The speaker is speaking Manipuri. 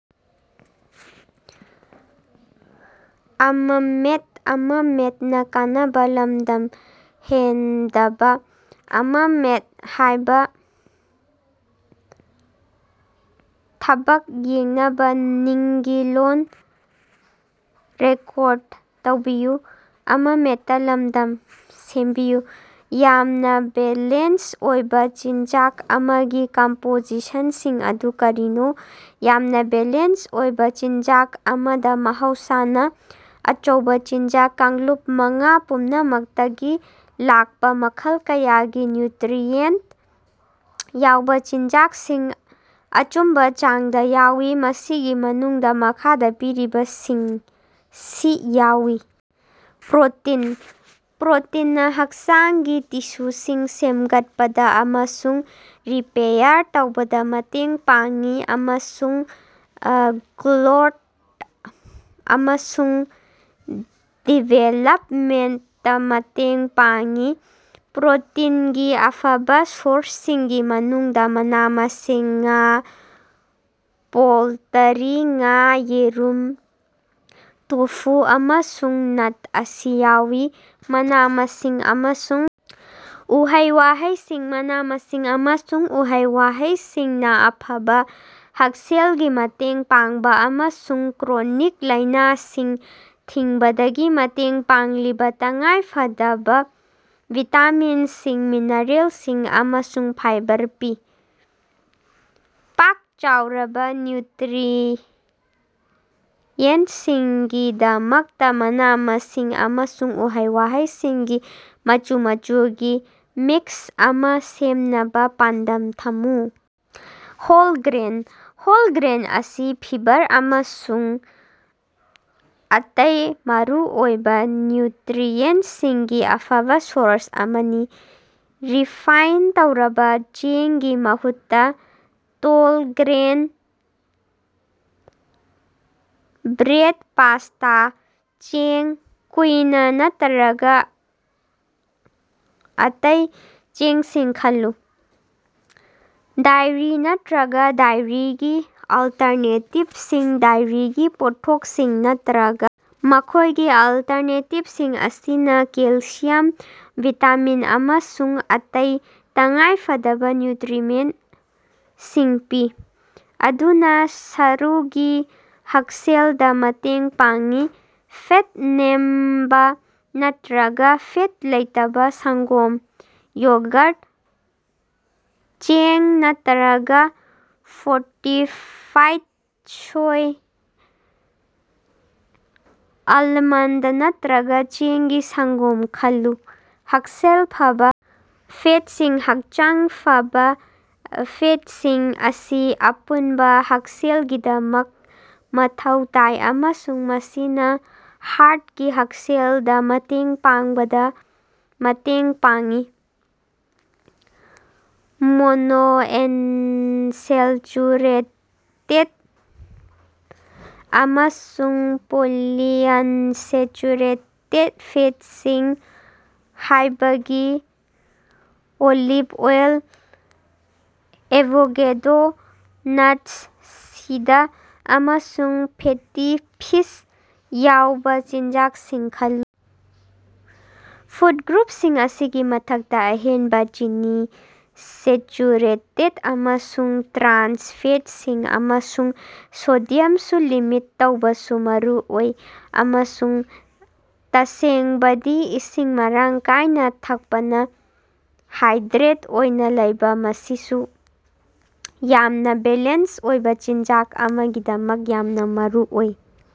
ꯌꯥꯝꯅ ꯕꯦꯂꯦꯟꯁ ꯑꯣꯏꯕ ꯆꯤꯟꯖꯥꯛ ꯑꯃꯒꯤ ꯀꯝꯄꯣꯅꯦꯟꯠꯁꯤꯡ ꯑꯗꯨ ꯀꯔꯤꯅꯣ? ꯌꯥꯝꯅ ꯕꯦꯂꯦꯟꯁ ꯑꯣꯏꯕ ꯆꯤꯟꯖꯥꯛ ꯑꯃꯗ ꯃꯍꯧꯁꯥꯅ ꯑꯆꯧꯕꯥ ꯆꯤꯟꯖꯥꯛ ꯀꯥꯡꯂꯨꯞ ꯃꯉꯥ ꯄꯨꯝꯅꯃꯛꯇꯒꯤ ꯂꯥꯛꯄꯥ ꯃꯈꯜ ꯀꯌꯥꯒꯤ ꯅ꯭ꯌꯨꯇꯔꯤꯑꯦꯟꯠ ꯌꯥꯎꯕ ꯆꯤꯟꯖꯥꯛꯁꯤꯡ, ꯑꯆꯨꯝꯕ ꯆꯥꯡꯗ ꯌꯥꯎꯏ꯫ ꯃꯁꯤꯒꯤ ꯃꯅꯨꯡꯗꯥ ꯃꯈꯥꯗ ꯄꯤꯔꯤꯕꯁꯤꯡꯁꯤ ꯌꯥꯎꯏ: ꯄ꯭ꯔꯣꯇꯤꯟ: ꯄ꯭ꯔꯣꯇꯤꯟꯅꯥ ꯍꯛꯆꯥꯡꯒꯤ ꯇꯤꯁꯨꯁꯤꯡ ꯁꯦꯝꯒꯠꯄꯗꯥ ꯑꯃꯁꯨꯡ ꯔꯤꯄꯦꯌꯥꯔ ꯇꯧꯕꯗ ꯃꯇꯦꯡ ꯄꯥꯡꯏ ꯑꯃꯁꯨꯡ ꯒ꯭ꯔꯣꯊ ꯑꯃꯁꯨꯡ ꯗꯤꯚꯦꯂꯞꯃꯦꯟꯠꯗꯥ ꯃꯇꯦꯡ ꯄꯥꯡꯏ꯫ ꯄ꯭ꯔꯣꯇꯤꯟꯒꯤ ꯑꯐꯕꯥ ꯁꯣꯔꯁꯁꯤꯡꯒꯤ ꯃꯅꯨꯡꯗ ꯃꯅꯥ ꯃꯁꯤꯡ, ꯉꯥ, ꯄꯣꯜꯇꯔꯤ, ꯉꯥ, ꯌꯦꯔꯨꯝ, ꯇꯣꯐꯨ, ꯑꯃꯁꯨꯡ ꯅꯠ ꯑꯁꯤ ꯌꯥꯎꯏ꯫ ꯃꯅꯥ-ꯃꯁꯤꯡ ꯑꯃꯁꯨꯡ ꯎꯍꯩ-ꯋꯥꯍꯩꯁꯤꯡ: ꯃꯅꯥ-ꯃꯁꯤꯡ ꯑꯃꯁꯨꯡ ꯎꯍꯩ-ꯋꯥꯍꯩꯁꯤꯡꯅ ꯑꯐꯕ ꯍꯛꯁꯦꯜꯒꯤ ꯃꯇꯦꯡ ꯄꯥꯡꯕꯗ ꯑꯃꯁꯨꯡ ꯀ꯭ꯔꯣꯅꯤꯛ ꯂꯥꯏꯅꯥꯁꯤꯡ ꯊꯤꯡꯕꯗ ꯃꯇꯦꯡ ꯄꯥꯡꯂꯤꯕ ꯇꯉꯥꯏꯐꯗꯕ ꯚꯤꯇꯥꯃꯤꯟꯁꯤꯡ, ꯃꯤꯅꯔꯦꯜꯁꯤꯡ ꯑꯃꯁꯨꯡ ꯐꯥꯏꯕꯔ ꯄꯤ꯫ ꯄꯥꯛ-ꯆꯥꯎꯔꯕ ꯅ꯭ꯌꯨꯇꯔꯤꯑꯦꯟꯠꯁꯤꯡꯒꯤꯗꯃꯛꯇ ꯃꯅꯥ ꯃꯁꯤꯡ ꯑꯃꯁꯨꯡ ꯎꯍꯩ-ꯋꯥꯍꯩꯁꯤꯡꯒꯤ ꯃꯆꯨ ꯃꯆꯨꯒꯤ ꯃꯤꯛꯁ ꯑꯃꯥ ꯁꯦꯝꯅꯕꯥ ꯄꯥꯟꯗꯝ ꯊꯝꯃꯨ꯫ ꯍꯣꯜ ꯒ꯭ꯔꯦꯟ: ꯍꯣꯜ ꯒ꯭ꯔꯦꯟ ꯑꯁꯤ ꯐꯤꯕꯔ ꯑꯃꯁꯨꯡ ꯑꯇꯩ ꯃꯔꯨꯑꯣꯏꯕꯥ ꯅ꯭ꯌꯨꯇꯔꯤꯑꯦꯟꯠꯁꯤꯡꯒꯤ ꯑꯐꯕꯥ ꯁꯣꯔꯁ ꯑꯃꯅꯤ꯫ ꯔꯤꯐꯥꯏꯟ ꯇꯧꯔꯕ ꯆꯦꯡꯒꯤ ꯃꯍꯨꯠꯇ ꯍꯣꯜ-ꯒ꯭ꯔꯦꯟ ꯕ꯭ꯔꯦꯗ, ꯄꯥꯁꯇꯥ, ꯆ‌ꯦꯡ, ꯀꯨꯏꯅꯥ ꯅꯠꯇꯔꯒ ꯑꯇꯩ ꯆꯦꯡꯁꯤꯡ ꯈꯜꯂꯨ꯫ ꯗꯥꯏꯔꯤ ꯅꯠꯇꯔꯒ ꯗꯥꯏꯔꯤꯒꯤ ꯑꯜꯇꯔꯅꯦꯇꯤꯚꯁꯤꯡ: ꯗꯥꯏꯔꯤꯒꯤ ꯄꯣꯠꯊꯣꯛꯁꯤꯡ ꯅꯠꯇꯔꯒꯥ ꯃꯈ‌ꯣꯏꯒꯤ ꯑꯜꯇꯔꯅꯦꯇꯤꯚꯁꯤꯡ ꯑꯁꯤꯅ ꯀꯦꯜꯁꯤꯌꯝ, ꯚꯤꯇꯥꯃꯤꯟ, ꯑꯃꯁꯨꯡ ꯑꯇꯩ ꯇꯉꯥꯏꯐꯗꯕꯥ ꯅ꯭ꯌꯨꯇꯔꯤꯑꯦꯟꯠꯁꯤꯡ ꯄꯤ, ꯃꯗꯨꯅ ꯁꯔꯨꯒꯤ ꯍꯛꯁꯦꯜꯗꯥ ꯃꯇꯦꯡ ꯄꯥꯡꯏ꯫ ꯐꯦꯠ ꯅꯦꯝꯕꯥ ꯅꯠꯇꯔꯒ ꯐꯦꯠ ꯂꯩꯇꯕ ꯁꯪꯒꯣꯝ, ꯌꯣꯒꯔ, ꯆꯦꯡ ꯅꯠꯇꯔꯒ ꯐꯣꯔꯇꯤꯐꯥꯏꯗ ꯁꯣꯏ, ꯑꯦꯜꯃꯟꯗ ꯅꯠꯇꯔꯒ ꯆꯦꯡꯒꯤ ꯁꯪꯒꯣꯝ ꯈꯜꯂꯨ꯫ ꯍꯛꯁꯦꯜ ꯐꯕꯥ ꯐꯦꯠꯁꯤꯡ: ꯍꯛꯆꯥꯡ ꯐꯕꯥ ꯐꯦꯠꯁꯤꯡ ꯑꯁꯤ ꯑꯄꯨꯟꯕꯥ ꯍꯛꯁꯦꯜꯒꯤꯗꯃꯛ ꯃꯊꯧ ꯇꯥꯏ ꯑꯃꯁꯨꯡ ꯃꯁꯤꯅꯥ ꯍꯥꯔꯠꯀꯤ ꯍꯛꯁꯦꯜꯗ ꯃꯇꯦꯡ ꯄꯥꯡꯕꯗ ꯃꯇꯦꯡ ꯄꯥꯡꯏ꯫ ꯃꯣꯅꯣꯑꯟꯁꯦꯆꯨꯔꯦꯇꯦꯗ ꯑꯃꯁꯨꯡ ꯄꯣꯂꯤꯑꯟꯁꯦꯆꯨꯔꯦꯇꯦꯗ ꯐꯦꯇꯁꯤꯡ ꯍꯥꯏꯕꯗꯤ ꯑꯣꯂꯤꯚ ꯑꯣꯜ, ꯑꯦꯚꯣꯀꯦꯗꯣ, ꯅꯠꯁ, ꯁꯤꯗ, ꯑꯃꯁꯨꯡ ꯐꯦꯇꯤ ꯐꯤꯁ ꯌꯥꯎꯕ ꯆꯤꯟꯖꯥꯛꯁꯤꯡ ꯈꯜꯂꯨ꯫ ꯐꯨꯗ ꯒ꯭ꯔꯨꯞꯁꯤꯡ ꯑꯁꯤꯒꯤ ꯃꯊꯛꯇ, ꯑꯍꯦꯟꯕꯥ ꯆꯤꯅꯤ, ꯁꯦꯆꯨꯔꯦꯇꯦꯗ ꯑꯃꯁꯨꯡ ꯇ꯭ꯔꯥꯟꯁ ꯐꯦꯠꯁꯤꯡ, ꯑꯃꯁꯨꯡ ꯁꯣꯗꯤꯌꯝꯁꯨ ꯂꯤꯃꯤꯠ ꯇꯧꯕꯁꯨ ꯃꯔꯨꯑꯣꯏ꯫ ꯑꯃꯁꯨꯡ, ꯇꯁꯦꯡꯕꯗꯤ, ꯏꯁꯤꯡ ꯃꯔꯥꯡ ꯀꯥꯏꯅ ꯊꯛꯄꯅ ꯍꯥꯏꯗ꯭ꯔꯦꯠ ꯑꯣꯏꯅꯥ ꯂꯩꯕꯥ ꯑꯁꯤꯁꯨ ꯌꯥꯝꯅ ꯕꯦꯂꯦꯟꯁ ꯑꯣꯏꯕ ꯆꯤꯟꯖꯥꯛ ꯑꯃꯒꯤꯗꯃꯛ ꯌꯥꯝꯅ ꯃꯔꯨꯑꯣꯏ꯫